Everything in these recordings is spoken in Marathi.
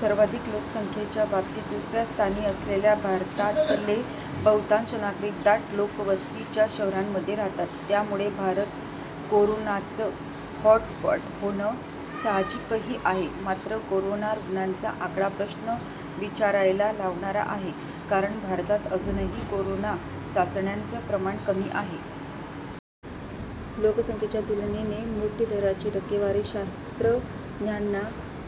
सर्वाधिक लोकसंख्येच्या बाबतीत दुसऱ्या स्थानी असलेल्या भारतातले बहुतांश नागरिक दाट लोकवस्तीच्या शहरांमध्ये राहतात. त्यामुळे भारत कोरोनाचं हॉटस्पॉट होणं साहजिकही आहे. मात्र कोरोना रुग्णांचा आकडा प्रश्न विचारायला लावणारा आहे. कारण भारतात अजूनही कोरोना चाचण्यांचं प्रमाण कमी आहे. लोकसंख्येच्या तुलनेने मृत्यूदराची टक्केवारी शास्त्रज्ञांना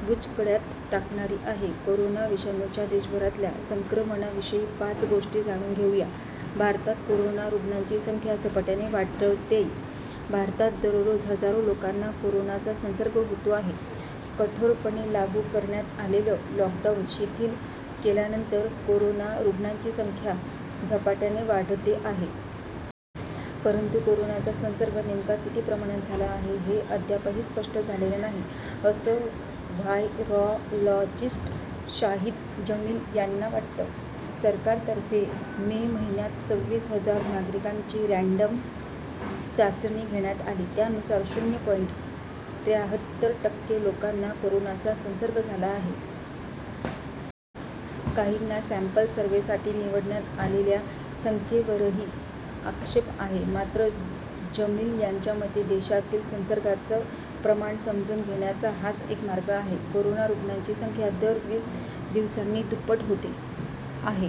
बुचकळ्यात टाकणारी आहे. कोरोना विषाणूच्या देशभरातल्या संक्रमणाविषयी पाच गोष्टी जाणून घेऊया. भारतात कोरोना रुग्णांची संख्या झपाट्याने वाढतेय भारतात दररोज हजारो लोकांना कोरोनाचा संसर्ग होतो आहे. कठोरपणे लागू करण्यात आलेलं लॉकडाऊन शिथिल केल्यानंतर कोरोना रुग्णांची संख्या झपाट्याने वाढते आहे. परंतु कोरोनाचा संसर्ग नेमका किती प्रमाणात झाला आहे हे अद्यापही स्पष्ट झालेलं नाही असं व्हायरॉलॉजिस्ट शाहीद जमील यांना वाटतं. सरकारतर्फे मे महिन्यात सव्वीस हजार नागरिकांची रँडम चाचणी घेण्यात आली. त्यानुसार शून्य पॉइंट त्र्याहत्तर टक्के लोकांना कोरोनाचा संसर्ग झाला आहे. काहींना सँपल सर्व्हेसाठी निवडण्यात आलेल्या संख्येवरही आक्षेप आहे. मात्र जमील यांच्या मते देशातील संसर्गाचं प्रमाण समजून घेण्याचा हाच एक मार्ग आहे. कोरोना रुग्णांची संख्या दर वीस दिवसांनी दुप्पट होते आहे.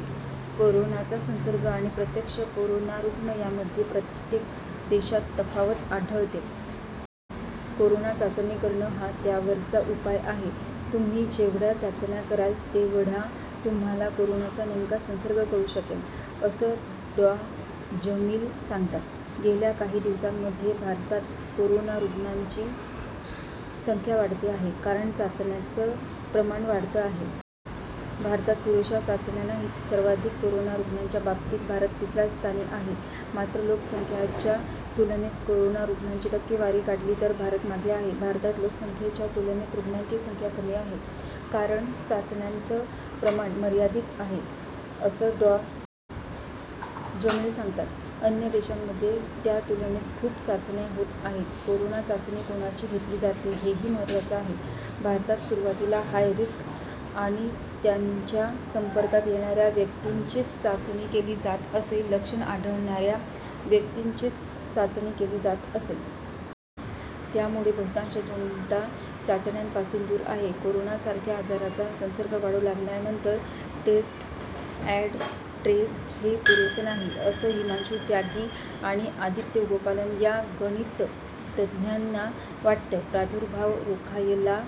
कोरोनाचा संसर्ग आणि प्रत्यक्ष कोरोना रुग्ण यामध्ये प्रत्येक देशात तफावत आढळते. कोरोना चाचणी करणं हा त्यावरचा उपाय आहे. तु्म्ही जेवढ्या चाचण्या कराल, तेवढा तुम्हाला कोरोनाचा नेमका संसर्ग कळू शकेल, असं डॉ. जमील सांगतात. गेल्या काही दिवसांमध्ये भारतात कोरोना रुग्णांची संख्या वाढते आहे, कारण चाचण्यांचं प्रमाण वाढतं आहे. भारतात पुरेशा चाचण्या नाहीत सर्वाधिक कोरोना रुग्णांच्या बाबतीत भारत तिसऱ्या स्थानी आहे. मात्र लोकसंख्याच्या तुलनेत कोरोना रुग्णांची टक्केवारी काढली तर भारत मागे आहे. भारतात लोकसंख्येच्या तुलनेत रुग्णांची संख्या कमी आहे कारण चाचण्यांचं प्रमाण मर्यादित आहे असं डॉ. जमील सांगतात. अन्य देशांमध्ये त्यातुलनेत खूप चाचण्या होत आहेत. कोरोना चाचणी कोणाची घेतली जाते हेही महत्त्वाचं आहे. भारतात सुरुवातीला हाय रिस्क आणि त्यांच्या संपर्कात येणाऱ्या व्यक्तींचीच चाचणी केली जात असे. लक्षणं आढळणाऱ्या व्यक्तींचीच चाचणी केली जात असे. त्यामुळे बहुतांश जनता चाचण्यांपासून दूर आहे. कोरोनासारख्या आजाराचा संसर्ग वाढू लागल्यानंतर टेस्ट अँड ट्रेस हे पुरेसं नाही, असं हिमांशू त्यागी आणि आदित्य गोपालन या गणिततज्ज्ञांना वाटतं. प्रादुर्भाव रोखायला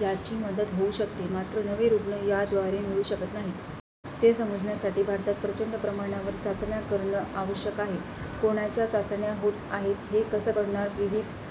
याची मदत होऊ शकते मात्र नवे रुग्ण याद्वारे मिळू शकत नाहीत. ते समजण्यासाठी भारतात प्रचंड प्रमाणावर चाचण्या करणं आवश्यक आहे. कोणाच्या चाचण्या होत आहेत हे कसं कळणार? विविध